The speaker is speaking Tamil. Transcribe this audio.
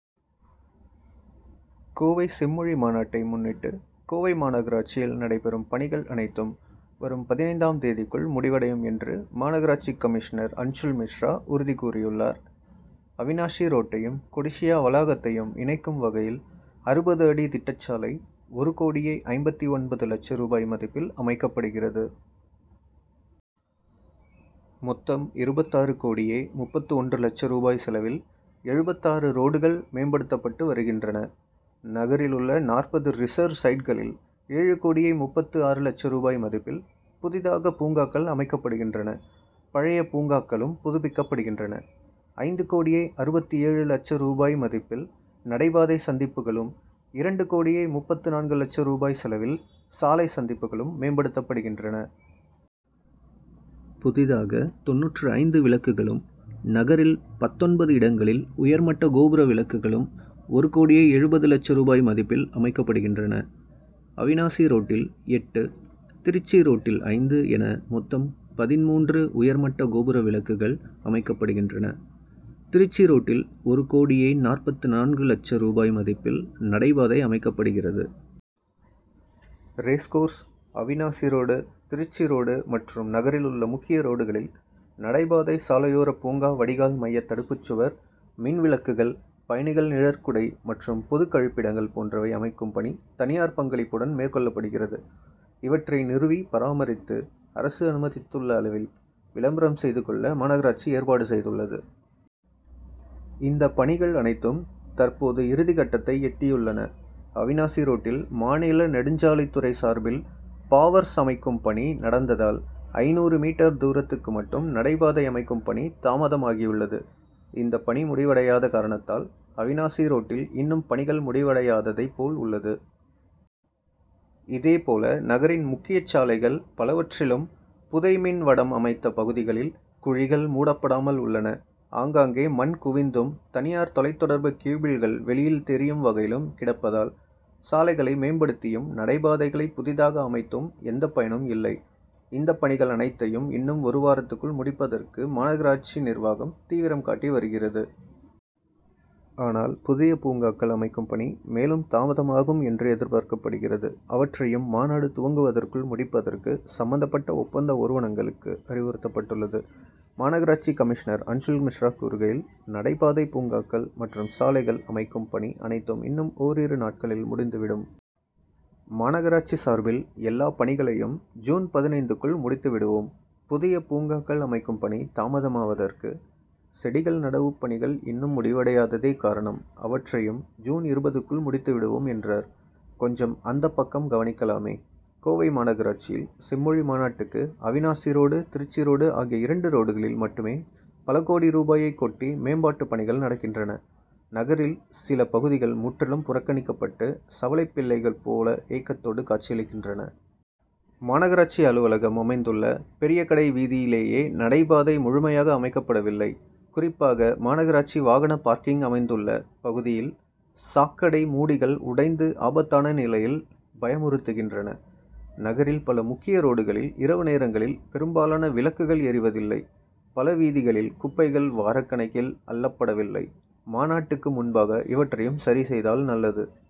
கோவை செம்மொழி மாநாட்டை முன்னிட்டு கோவை மாநகராட்சியில் நடைபெறும் பணிகள் அனைத்தும் வரும் பதினைந்தாம் தேதிக்குள் முடிவடையும் என்று மாநகராட்சி கமிஷனர் அன்சுல் மிஸ்ரா உறுதி கூறியுள்ளார். அவிநாசி ரோட்டையும் கொடிசியா வளாகத்தையும் இணைக்கும் வகையில் அறுபது அடி திட்டச்சாலை ஒரு கோடியே ஐம்பத்து ஒன்பது லட்ச ரூபாய் மதிப்பில் அமைக்கப்படுகிறது. மொத்தம் இருபத்தாறு கோடியே முப்பத்து ஒன்று லட்ச ரூபாய் செலவில் எழுபத்தாறு ரோடுகள் மேம்படுத்தப்பட்டு வருகின்றன. நகரிலுள்ள நாற்பது ரிசர் சைட்களில் ஏழு கோடியே முப்பத்து ஆறு லட்ச ரூபாய் மதிப்பில் புதிதாக பூங்காக்கள் அமைக்கப்படுகின்றன பழைய பூங்காக்களும் புதுப்பிக்கப்படுகின்றன. ஐந்து கோடியே அறுபத்து ஏழு லட்ச ரூபாய் மதிப்பில் நடைபாதை சந்திப்புகளும் இரண்டு கோடியே முப்பத்து நான்கு லட்ச ரூபாய் செலவில் சாலை சந்திப்புகளும் மேம்படுத்தப்படுகின்றன. புதிதாக தொண்ணூற்று ஐந்து விளக்குகளும் நகரில் பத்தொன்பது இடங்களில் உயர் மட்ட கோபுர விளக்குகளும் ஒரு கோடியே எழுபது லட்ச ரூபாய் மதிப்பில் அமைக்கப்படுகின்றன. அவிநாசி ரோட்டில் எட்டு திருச்சி ரோட்டில் ஐந்து என மொத்தம் பதின்மூன்று உயர் மட்ட கோபுர விளக்குகள் அமைக்கப்படுகின்றன. திருச்சி ரோட்டில் ஒரு கோடியே நாற்பத்து நான்கு லட்ச ரூபாய் மதிப்பில் நடைபாதை அமைக்கப்படுகிறது. Racecourse Avinashi road Trichy road மற்றும் நகரிலுள்ள முக்கிய ரோடுகளில் நடைபாதை சாலையோரப் பூங்கா வடிகால் மையத் தடுப்புச்சுவர் மின் விளக்குகள் பயணிகள் நிழற்குடை மற்றும் பொது கழிப்பிடங்கள் போன்றவை அமைக்கும் பணி தனியார் பங்களிப்புடன் மேற்கொள்ளப்படுகிறது. இவற்றை நிறுவி பராமரித்து அரசு அனுமதித்துள்ள அளவில் விளம்பரம் செய்து கொள்ள மாநகராட்சி ஏற்பாடு செய்துள்ளது. இந்த பணிகள் அனைத்தும் தற்போது இறுதிக்கட்டத்தை எட்டியுள்ளன. அவிநாசி ரோட்டில் மாநில நெடுஞ்சாலைத்துறை சார்பில் பாவர்ஸ் அமைக்கும் பணி நடந்ததால் ஐந்நூறு மீட்டர் தூரத்துக்கு மட்டும் நடைபாதை அமைக்கும் பணி தாமதமாகியுள்ளது. இந்தப் பணி முடிவடையாத காரணத்தால் அவிநாசி ரோட்டில் இன்னும் பணிகள் முடிவடையாததைப் போல் உள்ளது. இதேபோல நகரின் முக்கியச் சாலைகள் பலவற்றிலும் புதை மின் வடம் அமைத்த பகுதிகளில் குழிகள் மூடப்படாமல் உள்ளன. ஆங்காங்கே மண் குவிந்தும் தனியார் தொலைத் தொடர்பு கேபிள்கள் வெளியில் தெரியும் வகையிலும் கிடப்பதால் சாலைகளை மேம்படுத்தியும் நடைபாதைகளை புதிதாக அமைத்தும் எந்த பயனும் இல்லை. இந்த பணிகள் அனைத்தையும் இன்னும் ஒரு வாரத்துக்குள் முடிப்பதற்கு மாநகராட்சி நிர்வாகம் தீவிரம் காட்டி வருகிறது. ஆனால் புதிய பூங்காக்கள் அமைக்கும் பணி மேலும் தாமதமாகும் என்று எதிர்பார்க்கப்படுகிறது. அவற்றையும் மாநாடு துவங்குவதற்குள் முடிப்பதற்கு சம்மந்தப்பட்ட ஒப்பந்த ஒறுவனங்களுக்கு அறிவுறுத்தப்பட்டுள்ளது. மாநகராட்சி கமிஷனர் அன்சுல் மிஸ்ரா கூறுகையில் நடைபாதை பூங்காக்கள் மற்றும் சாலைகள் அமைக்கும் பணி அனைத்தும் இன்னும் ஓரிரு நாட்களில் முடிந்து விடும். மாநகராட்சி சார்பில் எல்லாப் பணிகளையும் ஜூன் பதினைந்துக்குள் முடித்து விடுவோம். புதிய பூங்காக்கள் அமைக்கும் பணி தாமதமாவதற்கு செடிகள் நடவுப்பணிகள் இன்னும் முடிவடையாததே காரணம். அவற்றையும் ஜூன் இருபதுக்குள் முடித்து விடுவோம் என்றார். கொஞ்சம் அந்தப்பக்கம் கவனிக்கலாமே! கோவை மாநகராட்சியில் செம்மொழி மாநாட்டுக்கு அவிநாசி ரோடு திருச்சி ரோடு ஆகிய இரண்டு ரோடுகளில் மட்டுமே பல கோடி ரூபாயைக்கொட்டி மேம்பாட்டுப் பணிகள் நடக்கின்றன நகரில் சில பகுதிகள் முற்றிலும் புறக்கணிக்கப்பட்டு சவலைப் பிள்ளைகள் போல ஏக்கத்தோடு காட்சியளிக்கின்றன. மாநகராட்சி அலுவலகம் அமைந்துள்ள பெரிய கடை வீதியிலேயே நடைபாதை முழுமையாக அமைக்கப்படவில்லை. குறிப்பாக மாநகராட்சி வாகன பார்க்கிங் அமைந்துள்ள பகுதியில் சாக்கடை மூடிகள் உடைந்து ஆபத்தான நிலையில் பயமுறுத்துகின்றன. நகரில் பல முக்கிய ரோடுகளில் இரவு நேரங்களில் பெரும்பாலான விளக்குகள் எரிவதில்லை. பல வீதிகளில் குப்பைகள் வாரக்கணக்கில் அள்ளப்படவில்லை. மாநாட்டுக்கு முன்பாக இவற்றையும் சரி செய்தால் நல்லது.